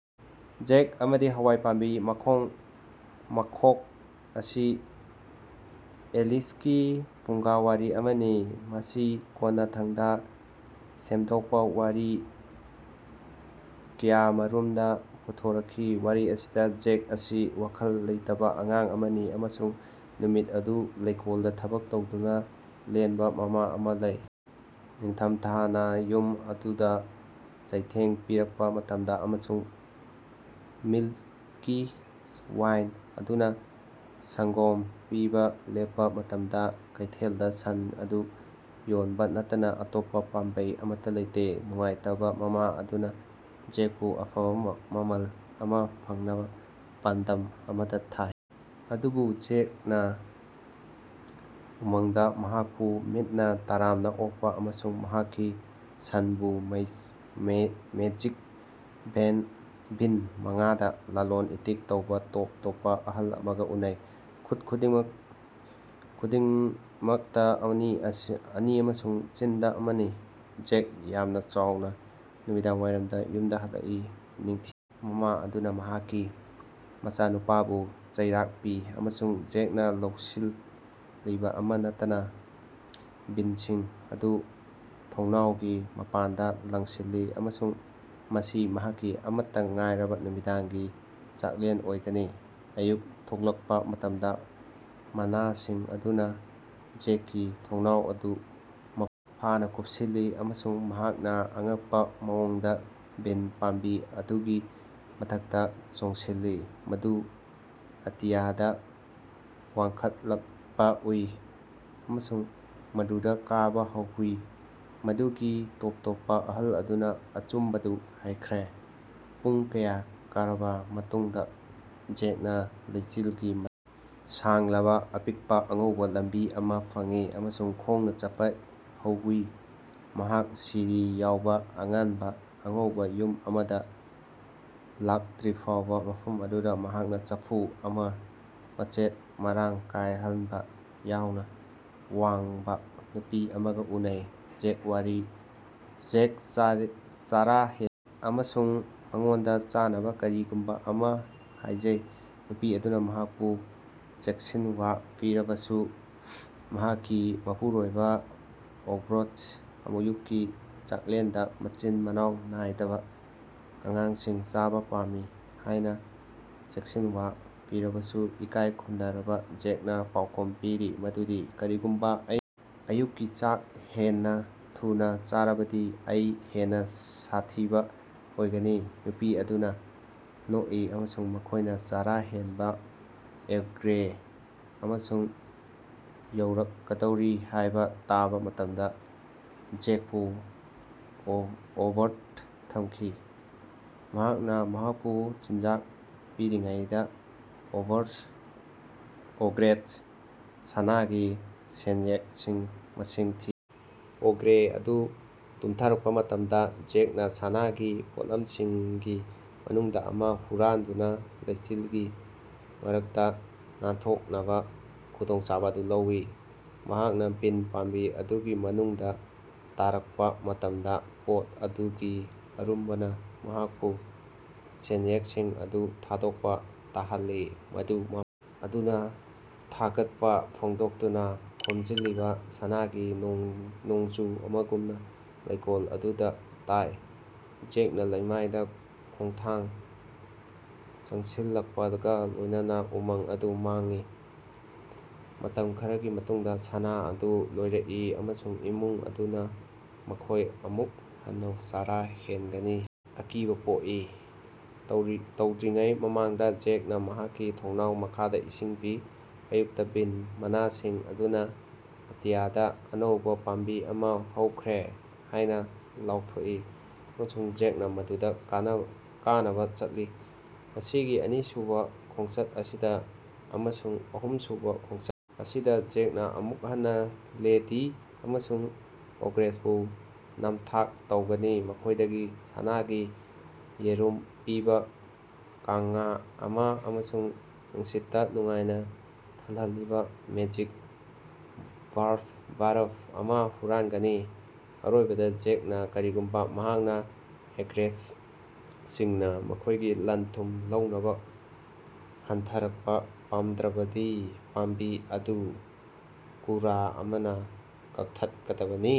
ꯖꯦꯛ ꯑꯃꯗꯤ ꯍꯋꯥꯢ ꯄꯥꯝꯕꯤ ꯃꯈꯣꯛ ꯑꯁꯤ ꯏꯪꯂꯤꯁꯀꯤ ꯐꯨꯡꯒꯥꯋꯥꯔꯤ ꯑꯃꯅꯤ꯫ ꯃꯁꯤ ꯀꯣꯟꯅꯊꯪꯗ ꯁꯦꯝꯗꯣꯛꯄ ꯋꯥꯔꯤ ꯀꯌꯥꯃꯔꯨꯝꯗ ꯄꯨꯊꯣꯔꯛꯈꯤ꯫ ꯋꯥꯔꯤ ꯑꯁꯤꯗ ꯖꯦꯛ ꯑꯁꯤ ꯋꯥꯈꯜ ꯂꯩꯇꯕ ꯑꯉꯥꯡ ꯑꯃꯅꯤ ꯑꯃꯁꯨꯡ ꯅꯨꯃꯤꯠ ꯑꯗꯨ ꯂꯩꯀꯣꯜꯗ ꯊꯕꯛ ꯇꯧꯗꯨꯅ ꯂꯦꯟꯕ ꯃꯃꯥ ꯑꯃ ꯂꯩ꯫ ꯅꯤꯡꯊꯝꯊꯥꯅ ꯌꯨꯝ ꯑꯗꯨꯗ ꯆꯩꯊꯦꯡ ꯄꯤꯔꯛꯄ ꯃꯇꯝꯗ ꯑꯃꯁꯨꯡ ꯃꯤꯜꯀꯤ-ꯋꯥꯏꯠ ꯑꯗꯨꯅ ꯁꯪꯒꯣꯝ ꯄꯤꯕ ꯂꯦꯞꯄ ꯃꯇꯝꯗ, ꯀꯩꯊꯦꯜꯗ ꯁꯟ ꯑꯗꯨ ꯌꯣꯟꯕ ꯅꯠꯇꯅ ꯑꯇꯣꯞꯄ ꯄꯥꯝꯕꯩ ꯑꯃꯠꯇ ꯂꯩꯇꯦ꯫ ꯅꯨꯡꯉꯥꯏꯇꯕ ꯃꯃꯥ ꯑꯗꯨꯅ ꯖꯦꯛꯄꯨ ꯑꯐꯕ ꯃꯃꯜ ꯑꯃ ꯐꯪꯅꯕ ꯄꯥꯟꯗꯝ ꯑꯃꯗ ꯊꯥꯏ꯫ ꯑꯗꯨꯕꯨ ꯖꯦꯛꯅ ꯎꯃꯪꯗ ꯃꯍꯥꯛꯄꯨ ꯃꯤꯅ ꯇꯔꯥꯝꯅ ꯑꯣꯛꯄ, ꯑꯃꯁꯨꯡ ꯃꯍꯥꯛꯀꯤ ꯁꯟꯕꯨ ꯃꯦꯖꯤꯛ ꯕꯤꯟ ꯃꯉꯥꯗ ꯂꯂꯣꯟ-ꯏꯇꯤꯛ ꯇꯧꯕ ꯇꯣꯞ ꯇꯣꯞꯄ ꯑꯍꯜ ꯑꯃꯒ ꯎꯅꯩ꯫ ꯈꯨꯠ ꯈꯨꯗꯤꯡꯃꯛꯇ ꯑꯅꯤ ꯑꯃꯁꯨꯡ ꯆꯤꯟꯗ ꯑꯃꯅꯤ꯫ ꯖꯦꯛ ꯌꯥꯝꯅ ꯆꯥꯎꯅ ꯅꯨꯃꯤꯗꯥꯡꯋꯥꯏꯔꯝꯗ ꯌꯨꯝꯗ ꯍꯜꯂꯛꯏ꯫ ꯅꯤꯡꯊꯤꯔꯕ ꯃꯃꯥ ꯑꯗꯨꯅ ꯃꯍꯥꯛꯀꯤ ꯃꯆꯥꯅꯨꯄꯥꯕꯨ ꯆꯩꯔꯥꯛ ꯄꯤ ꯑꯃꯁꯨꯡ ꯖꯦꯛꯅ ꯂꯧꯁꯤꯜꯂꯤꯕ ꯑꯃ ꯅꯠꯇꯅ ꯕꯤꯟꯁꯤꯡ ꯑꯗꯨ ꯊꯣꯡꯅꯥꯎꯒꯤ ꯃꯄꯥꯟꯗ ꯂꯪꯁꯤꯜꯂꯤ, ꯑꯃꯁꯨꯡ ꯃꯁꯤ ꯃꯍꯥꯛꯀꯤ ꯑꯃꯠꯇ ꯉꯥꯏꯔꯕ ꯅꯨꯃꯤꯗꯥꯡꯒꯤ ꯆꯥꯛꯂꯦꯟ ꯑꯣꯏꯒꯅꯤ꯫ ꯑꯌꯨꯛ ꯊꯣꯛꯂꯛꯄ ꯃꯇꯝꯗ, ꯃꯅꯥꯁꯤꯡ ꯑꯗꯨꯅ ꯖꯦꯛꯀꯤ ꯊꯣꯡꯅꯥꯎ ꯑꯗꯨ ꯃꯄꯨꯡ ꯐꯥꯅ ꯀꯨꯞꯁꯤꯜꯂꯤ, ꯑꯃꯁꯨꯡ ꯃꯍꯥꯛꯅ ꯑꯉꯛꯄ ꯃꯑꯣꯡꯗ ꯕꯤꯟ ꯄꯥꯝꯕꯤ ꯑꯗꯨꯒꯤ ꯃꯊꯛꯇ ꯆꯣꯡꯁꯤꯜꯂꯤ, ꯃꯗꯨ ꯑꯇꯤꯌꯥꯗ ꯋꯥꯡꯈꯠꯂꯛꯄ ꯎꯏ, ꯑꯃꯁꯨꯡ ꯃꯗꯨꯗ ꯀꯥꯕ ꯍꯧꯋꯤ꯫ ꯃꯗꯨꯒꯤ ꯇꯣꯞ ꯇꯣꯞꯄ ꯑꯍꯜ ꯑꯗꯨꯅ ꯑꯆꯨꯝꯕꯗꯨ ꯍꯥꯏꯈ꯭ꯔꯦ꯫ ꯄꯨꯡ ꯀꯌꯥ ꯀꯥꯔꯕ ꯃꯇꯨꯡꯗ, ꯖꯦꯛꯅ ꯂꯩꯆꯤꯜꯒꯤ ꯃꯔꯛꯇ ꯁꯥꯡꯂꯕ, ꯑꯄꯤꯛꯄ ꯑꯉꯧꯕ ꯂꯝꯕꯤ ꯑꯃ ꯐꯪꯏ ꯑꯃꯁꯨꯡ ꯈꯣꯡꯅ ꯆꯠꯄ ꯍꯧꯋꯤ, ꯃꯍꯥꯛ ꯁꯤꯔꯤ ꯌꯥꯎꯕ ꯑꯉꯥꯟꯕ ꯑꯉꯧꯕ ꯌꯨꯝ ꯑꯃꯗ ꯂꯥꯛꯇ꯭ꯔꯤꯐꯥꯎꯕ꯫ ꯃꯐꯝ ꯑꯗꯨꯗ ꯃꯍꯥꯛꯅ ꯆꯐꯨ ꯑꯃꯗ ꯃꯆꯦꯠ-ꯃꯔꯥꯡ ꯀꯥꯏꯍꯟꯕ ꯌꯥꯝꯅ ꯋꯥꯡꯕ ꯅꯨꯄꯤ ꯑꯃꯒ ꯎꯅꯩ꯫ ꯖꯦꯛ ꯆꯔꯥ ꯍꯦꯜꯂꯤ ꯑꯃꯁꯨꯡ ꯃꯉꯣꯟꯗ ꯆꯥꯅꯕ ꯀꯔꯤꯒꯨꯝꯕ ꯑꯃ ꯍꯥꯏꯖꯩ꯫ ꯅꯨꯄꯤ ꯑꯗꯨꯅ ꯃꯍꯥꯛꯄꯨ ꯆꯦꯛꯁꯤꯟꯋꯥ ꯄꯤꯔꯕꯁꯨ ꯃꯍꯥꯛꯀꯤ ꯃꯄꯨꯔꯣꯏꯕ ꯑꯣꯒ꯭ꯔꯦꯅ ꯑꯌꯨꯛꯀꯤ ꯆꯥꯛꯂꯦꯟꯗ ꯃꯆꯤꯟ ꯃꯅꯥꯎ ꯅꯥꯏꯗꯕ ꯑꯉꯥꯡꯁꯤꯡ ꯆꯥꯕ ꯄꯥꯝꯃꯤ ꯍꯥꯏꯅ ꯆꯦꯛꯁꯤꯟꯋꯥ ꯄꯤꯔꯕꯁꯨ, ꯏꯀꯥꯏ ꯈꯨꯝꯅꯔꯕ ꯖꯦꯛꯅ ꯄꯥꯎꯈꯨꯝ ꯄꯤꯔꯤ ꯃꯗꯨꯗꯤ ꯀꯔꯤꯒꯨꯝꯕ ꯑꯩꯅ ꯑꯌꯨꯛꯀꯤ ꯆꯥꯛ ꯍꯦꯟꯅ ꯊꯨꯅ ꯆꯥꯔꯕꯗꯤ ꯑꯩ ꯍꯦꯟꯅ ꯁꯥꯊꯤꯕ ꯑꯣꯏꯒꯅꯤ"꯫ꯅꯨꯄꯤ ꯑꯗꯨꯅ ꯅꯣꯛꯏ ꯑꯃꯁꯨꯡ ꯃꯈꯣꯏꯅ ꯆꯔꯥ ꯍꯦꯟꯕ ꯑꯣꯒ꯭ꯔꯦ ꯑꯗꯨ ꯌꯧꯔꯛꯀꯗꯧꯔꯤ ꯍꯥꯏꯕ ꯇꯥꯕ ꯃꯇꯝꯗ ꯖꯦꯛꯄꯨ ꯑꯣꯚꯟꯗ ꯊꯝꯃꯤ꯫ ꯃꯍꯥꯛꯅ ꯃꯍꯥꯛꯄꯨ ꯆꯤꯟꯖꯥꯛ ꯄꯤꯔꯤꯉꯩꯗ, ꯑꯣꯒ꯭ꯔꯦꯅ ꯁꯅꯥꯒꯤ ꯁꯦꯟꯌꯦꯛꯁꯤꯡ ꯃꯁꯤꯡ ꯊꯤꯔꯤ꯫ ꯑꯣꯒ꯭ꯔꯦ ꯑꯗꯨ ꯇꯨꯝꯊꯔꯛꯄ ꯃꯇꯝꯗ, ꯖꯦꯛꯅ ꯁꯅꯥꯒꯤ ꯄꯣꯠꯂꯝꯁꯤꯡꯒꯤ ꯃꯅꯨꯡꯗ ꯑꯃ ꯍꯨꯔꯥꯟꯗꯨꯅ ꯂꯩꯆꯤꯜꯒꯤ ꯃꯔꯛꯇ ꯅꯥꯟꯊꯣꯛꯅꯕ ꯈꯨꯗꯣꯡꯆꯥꯕ ꯑꯗꯨ ꯂꯧꯋꯤ꯫ ꯃꯍꯥꯛꯅ ꯕꯤꯟ ꯄꯥꯝꯕꯤ ꯑꯗꯨꯒꯤ ꯃꯅꯨꯡꯗ ꯇꯥꯔꯛꯄ ꯃꯇꯝꯗ, ꯄꯣꯠ ꯑꯗꯨꯒꯤ ꯑꯔꯨꯝꯕꯅ ꯃꯍꯥꯛꯄꯨ ꯁꯦꯟꯌꯦꯛꯁꯤꯡ ꯑꯗꯨ ꯊꯥꯗꯣꯛꯄ ꯇꯥꯍꯜꯂꯤ, ꯃꯗꯨ ꯃꯃꯥ ꯑꯗꯨꯅ ꯊꯥꯒꯠꯄ ꯐꯣꯡꯗꯣꯛꯇꯨꯅ ꯈꯣꯝꯖꯤꯜꯂꯤꯕ ꯁꯅꯥꯒꯤ ꯅꯣꯡꯖꯨ ꯑꯃꯒꯨꯝꯅ ꯂꯩꯀꯣꯜ ꯑꯗꯨꯗ ꯇꯥꯏ꯫ ꯖꯦꯛꯅ ꯂꯩꯃꯥꯏꯗ ꯈꯣꯡꯊꯥꯡ ꯆꯪꯁꯤꯜꯂꯛꯄꯒ ꯂꯣꯏꯅꯅ ꯎꯃꯪ ꯑꯗꯨ ꯃꯥꯡꯏ꯫ ꯃꯇꯝ ꯈꯔꯒꯤ ꯃꯇꯨꯡꯗ, ꯁꯅꯥ ꯑꯗꯨ ꯂꯣꯏꯔꯛꯏ ꯑꯃꯁꯨꯡ ꯏꯃꯨꯡ ꯑꯗꯨꯅ ꯃꯈꯣꯏ ꯑꯃꯨꯛ ꯍꯟꯅ ꯆꯔꯥ ꯍꯦꯟꯒꯅꯤ ꯍꯥꯏꯅ ꯑꯀꯤꯕ ꯄꯣꯛꯏ꯫ ꯇꯨꯝꯗ꯭ꯔꯤꯉꯩ ꯃꯃꯥꯡꯗ ꯖꯦꯛꯅ ꯃꯍꯥꯛꯀꯤ ꯊꯣꯡꯅꯥꯎ ꯃꯈꯥꯗ ꯏꯁꯤꯡ ꯄꯤ꯫ ꯑꯌꯨꯛꯇ ꯕꯤꯟ ꯃꯅꯥꯁꯤꯡ ꯑꯗꯨꯅ ꯑꯇꯤꯌꯥꯗ ꯑꯅꯧꯕ ꯄꯥꯝꯕꯤ ꯑꯃ ꯍꯧꯈ꯭ꯔꯦ ꯍꯥꯏꯅ ꯂꯥꯎꯊꯣꯛꯏ, ꯑꯃꯁꯨꯡ ꯖꯦꯛꯅ ꯃꯗꯨꯗ ꯀꯥꯅꯕ ꯆꯠꯂꯤ꯫ ꯃꯁꯤꯒꯤ ꯑꯅꯤꯁꯨꯕ ꯈꯣꯡꯆꯠ ꯑꯁꯤꯗ, ꯑꯃꯁꯨꯡ ꯑꯍꯨꯝꯁꯨꯕ ꯈꯣꯡꯆꯠ ꯑꯁꯤꯗ, ꯖꯦꯛꯅ ꯑꯃꯨꯛ ꯍꯟꯅ ꯂꯦꯗꯤ ꯑꯃꯁꯨꯡ ꯑꯣꯒ꯭ꯔꯦꯕꯨ ꯅꯝꯊꯥꯛ ꯇꯧꯒꯅꯤ, ꯃꯈꯣꯏꯗꯒꯤ ꯁꯅꯥꯒꯤ ꯌꯦꯔꯨꯝ ꯄꯤꯕ ꯀꯥꯡꯉꯥ ꯑꯃ ꯑꯃꯁꯨꯡ ꯅꯨꯡꯁꯤꯠꯇ ꯅꯨꯡꯉꯥꯏꯅ ꯊꯜꯍꯜꯂꯤꯕ ꯃꯦꯖꯤꯛ ꯚꯥꯔꯞ ꯑꯃ ꯍꯨꯔꯥꯟꯒꯅꯤ꯫ ꯑꯔꯣꯏꯕꯗ, ꯖꯦꯛꯅ ꯀꯔꯤꯒꯨꯝꯕ ꯃꯍꯥꯛꯅ ꯑꯣꯒ꯭ꯔꯦꯁꯁꯤꯡꯅ ꯃꯈꯣꯏꯒꯤ ꯂꯟ-ꯊꯨꯝ ꯂꯧꯅꯕ ꯍꯟꯊꯔꯛꯄ ꯄꯥꯝꯗ꯭ꯔꯕꯗꯤ ꯄꯥꯝꯕꯤ ꯑꯗꯨ ꯀꯨꯔꯥ ꯑꯃꯅ ꯀꯛꯊꯠꯀꯗꯕꯅꯤ꯫"